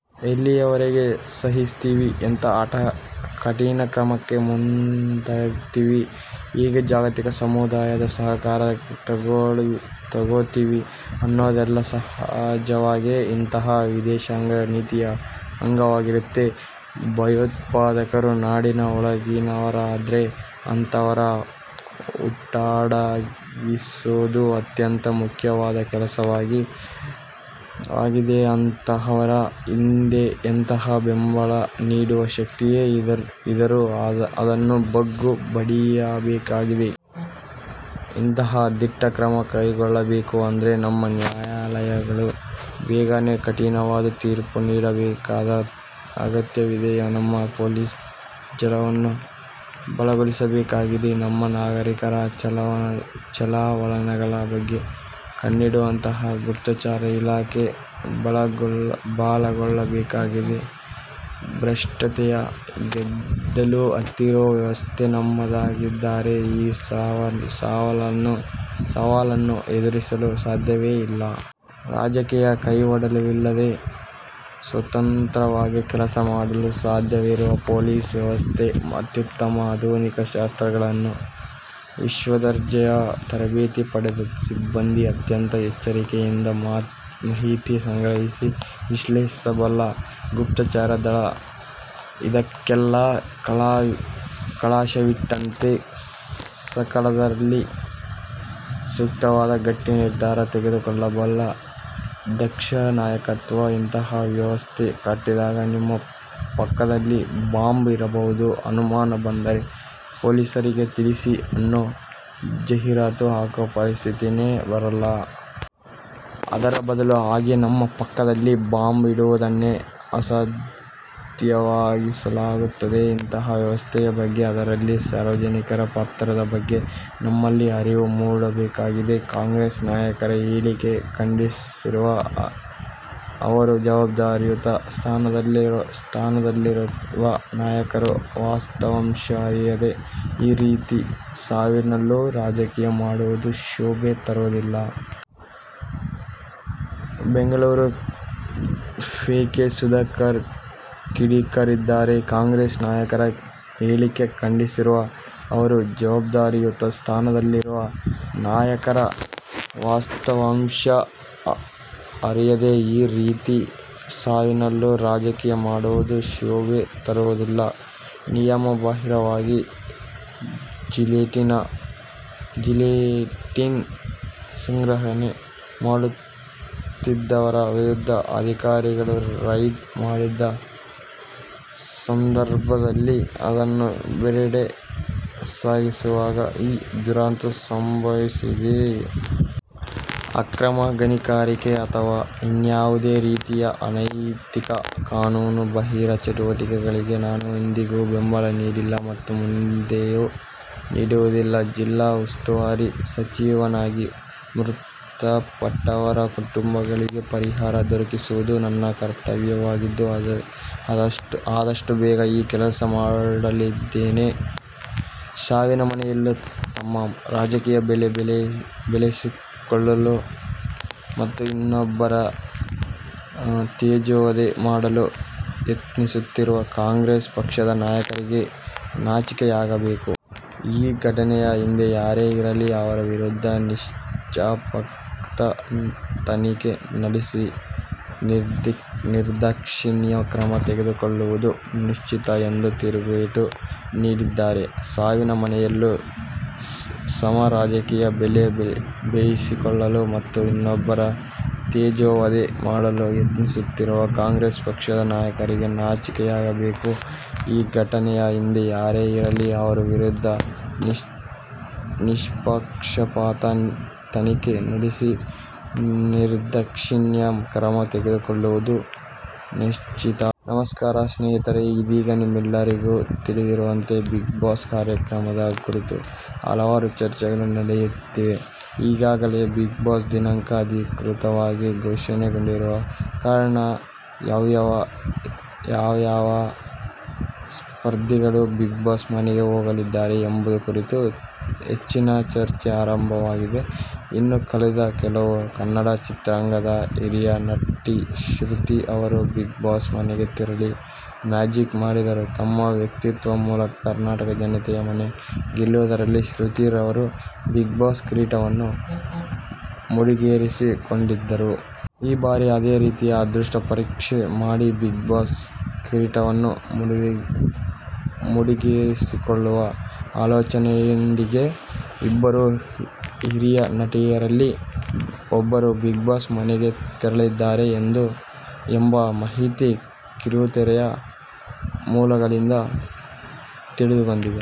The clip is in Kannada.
ಎಲ್ಲಿಯವರೆಗೆ ಸಹಿಸ್ತೀವಿ? ಎಂತಹ ಕಠಿಣ ಕ್ರಮಕ್ಕೆ ಮುಂದಾಗ್ತೀವಿ? ಹೇಗೆ ಜಾಗತಿಕ ಸಮುದಾಯದ ಸಹಕಾರ ತೊಗೋತೀವಿ? ಅನ್ನೋದೆಲ್ಲಾ ಸಹಜವಾಗೇ ಇಂತಹ ವಿದೇಶಾಂಗ ನೀತಿಯ ಅಂಗವಾಗಿರುತ್ತೆ. ಭಯೋತ್ಪಾದಕರು ನಾಡಿನ ಒಳಗಿನವರಾದ್ರೆ ಅಂತಹವರ ಹುಟ್ಟಡಗಿಸೋದು ಅತ್ಯಂತ ಮುಖ್ಯವಾದ ಕೆಲಸವಾಗಿದೆ. ಅಂತಹವರ ಹಿಂದೆ ಎಂತಹ ಬೆಂಬಲ ನೀಡುವ ಶಕ್ತಿಯೇ ಇದರೂ ಅದನ್ನು ಬಗ್ಗು ಬಡಿಯಬೇಕಾಗಿದೆ. ಇಂತಹ ದಿಟ್ಟಕ್ರಮ ಕೈಗೊಳ್ಳಬೇಕು ಅಂದ್ರೆ ನಮ್ಮ ನ್ಯಾಯಾಲಯಗಳು ಬೇಗನೆ ಕಠಿಣವಾದ ತೀರ್ಪು ನೀಡಬೇಕಾದ ಅಗತ್ಯವಿದೆ. ನಮ್ಮ ಪೊಲೀಸ್ ಜಾಲವನ್ನು ಬಲಗೊಳಿಸಬೇಕಿದೆ. ನಮ್ಮ ನಾಗರೀಕರ ಚಲನವಲನಗಳ ಬಗ್ಗೆ ಕಣ್ಣಿಡುವಂತಹ ಗುಪ್ತಚರ ಇಲಾಖೆ ಬಲಗೊಳ್ಳಬೇಕಾಗಿದೆ. ಭ್ರಷ್ಟತೆಯ ಗೆದ್ದಲು ಹತ್ತಿರೋ ವ್ಯವಸ್ಥೆ ನಮ್ಮದಾಗಿದ್ದರೆ ಈ ಸವಾಲನ್ನು ಎದುರಿಸಲು ಸಾಧ್ಯವೇ ಇಲ್ಲ. ರಾಜಕೀಯ ಕೈವಾಡವಿಲ್ಲದ, ಸ್ವತಂತ್ರವಾಗಿ ಕೆಲಸ ಮಾಡಲು ಸಾಧ್ಯವಿರುವ ಪೊಲೀಸ್ ವ್ಯವಸ್ಥೆ ಅತ್ಯುತ್ತಮ ಆಧುನಿಕ ಶಸ್ತ್ರಾಸ್ತ್ರಗಳು, ವಿಶ್ವದರ್ಜೆಯ ತರಬೇತಿ ಪಡೆದ ಸಿಬ್ಬಂದಿ, ಅತ್ಯಂತ ಎಚ್ಚರಿಕೆಯಿಂದ ಮಾಹಿತಿ ಸಂಗ್ರಹಿಸಿ ವಿಶ್ಲೇಷಿಸಬಲ್ಲ ಗುಪ್ತಚರ ದಳ, ಇದಕ್ಕೆಲ್ಲಾ ಕಲಶವಿಟ್ಟಂತೆ ಸಕಾಲದಲ್ಲಿ ಸೂಕ್ತವಾದ ಗಟ್ಟಿ ನಿರ್ಧಾರ ತೆಗೆದುಕೊಳ್ಳಬಲ್ಲ ದಕ್ಷ ನಾಯಕತ್ವ ಇಂತಹ ವ್ಯವಸ್ಥೆ ಕಟ್ಟಿದಾಗ "ನಿಮ್ಮ ಪಕ್ಕದಲ್ಲಿ ಬಾಂಬ್ ಇರಬಹುದು, ಅನುಮಾನ ಬಂದರೆ ಪೊಲೀಸರಿಗೆ ತಿಳಿಸಿ" ಅನ್ನೋ ಜಾಹಿರಾತು ಹಾಕೋ ಪರಿಸ್ಥಿತೀನೆ ಬರಲ್ಲ. ಅದರ ಬದಲು ಹಾಗೆ ನಮ್ಮ ಪಕ್ಕದಲ್ಲಿ ಬಾಂಬ್ ಇಡುವುದನ್ನೇ ಅಸಾಧ್ಯವಾಗಿಸಲಾಗುತ್ತದೆ. ಇಂತಹ ವ್ಯವಸ್ಥೆಯ ಬಗ್ಗೆ, ಅದರಲ್ಲಿ ಸಾರ್ವಜನಿಕರ ಪಾತ್ರದ ಬಗ್ಗೆ ನಮ್ಮಲ್ಲಿ ಅರಿವು ಮೂಡಬೇಕಾಗಿದೆ. ಕಾಂಗ್ರೆಸ್ ನಾಯಕರ ಹೇಳಿಕೆ ಖಂಡಿಸಿರುವ ಅವರು, ಜವಾಬ್ದಾರಿಯುತ ಸ್ಥಾನದಲ್ಲಿರುವ ನಾಯಕರು ವಾಸ್ತವಾಂಶ ಅರಿಯದೆ ಈ ರೀತಿ ಸಾವಿನಲ್ಲೂ ರಾಜಕೀಯ ಮಾಡುವುದು ಶೋಭೆ ತರುವುದಿಲ್ಲ. ಬೆಂಗಳೂರು, ಫೆ. ಕೆ. ಸುಧಾಕರ್ ಕಿಡಿಕಾರಿದ್ದಾರೆ. ಕಾಂಗ್ರೆಸ್ ನಾಯಕರ ಹೇಳಿಕೆ ಖಂಡಿಸಿರುವ ಅವರು, ಜವಾಬ್ದಾರಿಯುತ ಸ್ಥಾನದಲ್ಲಿರುವ ನಾಯಕರು ವಾಸ್ತವಾಂಶ ಅರಿಯದೆ ಈ ರೀತಿ ಸಾವಿನಲ್ಲೂ ರಾಜಕೀಯ ಮಾಡುವುದು ಶೋಭೆ ತರುವುದಿಲ್ಲ. ನಿಯಮ ಬಾಹಿರವಾಗಿ ಜಿಲೆಟಿನ್ ಸಂಗ್ರಹಣೆ ಮಾಡುತ್ತಿದ್ದವರ ವಿರುದ್ಧ ಅಧಿಕಾರಿಗಳು ರೈಡ್ ಮಾಡಿದ್ದ ಸಂದರ್ಭದಲ್ಲಿ ಅದನ್ನು ಬೇರೆಡೆ ಸಾಗಿಸುವಾಗ ಈ ದುರಂತ ಸಂಭವಿಸಿದೆ. ಅಕ್ರಮ ಗಣಿಗಾರಿಕೆ ಅಥವಾ ಇನ್ಯಾವುದೇ ರೀತಿಯ ಅನೈತಿಕ, ಕಾನೂನು ಬಾಹಿರ ಚಟುವಟಿಕೆಗಳಿಗೆ ನಾನು ಎಂದಿಗೂ ಬೆಂಬಲ ನೀಡಿಲ್ಲ ಮತ್ತು ಮುಂದೆಯೂ ನೀಡುವುದಿಲ್ಲ. ಜಿಲ್ಲಾ ಉಸ್ತುವಾರಿ ಸಚಿವನಾಗಿ ಮೃತಪಟ್ಟವರ ಕುಟುಂಬಗಳಿಗೆ ಪರಿಹಾರ ದೊರಕಿಸುವುದು ನನ್ನ ಕರ್ತವ್ಯವಾಗಿದ್ದು ಆದಷ್ಟು ಬೇಗ ಈ ಕೆಲಸ ಮಾಡಲಿದ್ದೇನೆ. ಸಾವಿನ ಮನೆಯಲ್ಲೂ ತಮ್ಮ ರಾಜಕೀಯ ಬೇಳೆ ಬೇಯಿಸಿಕೊಳ್ಳಲು ಮತ್ತು ಇನ್ನೊಬ್ಬರ ತೇಜೋವಧೆ ಮಾಡಲು ಯತ್ನಿಸುತ್ತಿರುವ ಕಾಂಗ್ರೆಸ್ ಪಕ್ಷದ ನಾಯಕರಿಗೆ ನಾಚಿಕೆಯಾಗಬೇಕು. ಈ ಘಟನೆಯ ಹಿಂದೆ ಯಾರೇ ಇರಲಿ ಅವರ ವಿರುದ್ಧ ನಿಷ್ಪಕ್ಷಪಾತ ತನಿಖೆ ನಡೆಸಿ ನಿರ್ದಾಕ್ಷಿಣ್ಯ ಕ್ರಮ ತೆಗೆದುಕೊಳ್ಳುವುದು ನಿಶ್ಚಿತ ಎಂದು ತಿರುಗೇಟು ನೀಡಿದ್ದಾರೆ. ಸಾವಿನ ಮನೆಯಲ್ಲೂ ತಮ್ಮ ರಾಜಕೀಯ ಬೇಳೆ ಬೇಯಿಸಿಕೊಳ್ಳಲು ಮತ್ತು ಇನ್ನೊಬ್ಬರ ತೇಜೋವಧೆ ಮಾಡಲು ಯತ್ನಿಸುತ್ತಿರುವ ಕಾಂಗ್ರೆಸ್ ಪಕ್ಷದ ನಾಯಕರಿಗೆ ನಾಚಿಕೆಯಾಗಬೇಕು. ಈ ಘಟನೆಯ ಹಿಂದೆ ಯಾರೇ ಇರಲಿ ಅವರ ವಿರುದ್ಧ ನಿಷ್ಪಕ್ಷಪಾತ ತನಿಖೆ ನಡೆಸಿ ನಿರ್ದಾಕ್ಷಿಣ್ಯ ಕ್ರಮ ತೆಗೆದುಕೊಳ್ಳುವುದು ನಿಶ್ಚಿತ. ನಮಸ್ಕಾರ ಸ್ನೇಹಿತರೇ ಇದೀಗ ನಿಮಗೆಲ್ಲರಿಗೂ ತಿಳಿದಿರುವಂತೆ ಬಿಗ್ ಬಾಸ್ ಕಾರ್ಯಕ್ರಮದ ಕುರಿತು ಹಲವಾರು ಚರ್ಚೆಗಳು ನಡೆಯುತ್ತಿವೆ. ಈಗಾಗಲೇ ಬಿಗ್ ಬಾಸ್ ದಿನಾಂಕ ಅಧಿಕೃತವಾಗಿ ಘೋಷಣೆ ಕೊಂಡಿರುವ ಕಾರಣ ಯಾವ್ಯಾವ ಸ್ಪರ್ಧಿಗಳು ಬಿಗ್ ಬಾಸ್ ಮನೆಗೆ ಹೋಗಲಿದ್ದಾರೆ ಎಂಬುದರ ಕುರಿತು ಹೆಚ್ಚಿನ ಚರ್ಚೆ ಆರಂಭವಾಗಿದೆ. ಇನ್ನು ಕಳೆದ ಕೆಲವು ಕನ್ನಡ ಚಿತ್ರರಂಗದ ಹಿರಿಯ ನಟಿ ಶ್ರುತಿ ರವರು ಬಿಗ್ ಬಾಸ್ ಮನೆಗೆ ತೆರಳಿ ಮ್ಯಾಜಿಕ್ ಮಾಡಿದರು ತಮ್ಮ ವ್ಯಕ್ತಿತ್ವದ ಮೂಲಕ ಕರ್ನಾಟಕದ ಜನತೆಯ ಮನೆ ಗೆಲ್ಲುವುದರಲ್ಲಿ ಶೃತಿ ರವರು ಬಿಗ್ ಬಾಸ್ ಕಿರೀಟವನ್ನು ಮುಡಿಗೇರಿಸಿ ಕೊಂಡಿದ್ದರು. ಈ ಬಾರಿ ಅದೇ ರೀತಿಯ ಅದೃಷ್ಟ ಪರೀಕ್ಷೆ ಮಾಡಿ ಬಿಗ್ ಬಾಸ್ ಕಿರೀಟವನ್ನು ಮುಡಿಗೇರಿಸಿಕೊಳ್ಳುವ ಆಲೋಚನೆಯೊಂದಿಗೆ ಇಬ್ಬರು ಹಿರಿಯ ನಟಿಯರಲ್ಲಿ ಒಬ್ಬರು ಬಿಗ್ ಬಾಸ್ ಮನೆಗೆ ತೆರಳಿದ್ದಾರೆ ಎಂಬ ಮಾಹಿತಿ ಕಿರುತೆರೆಯ ಮೂಲಗಳಿಂದ ತಿಳಿದುಬಂದಿದೆ.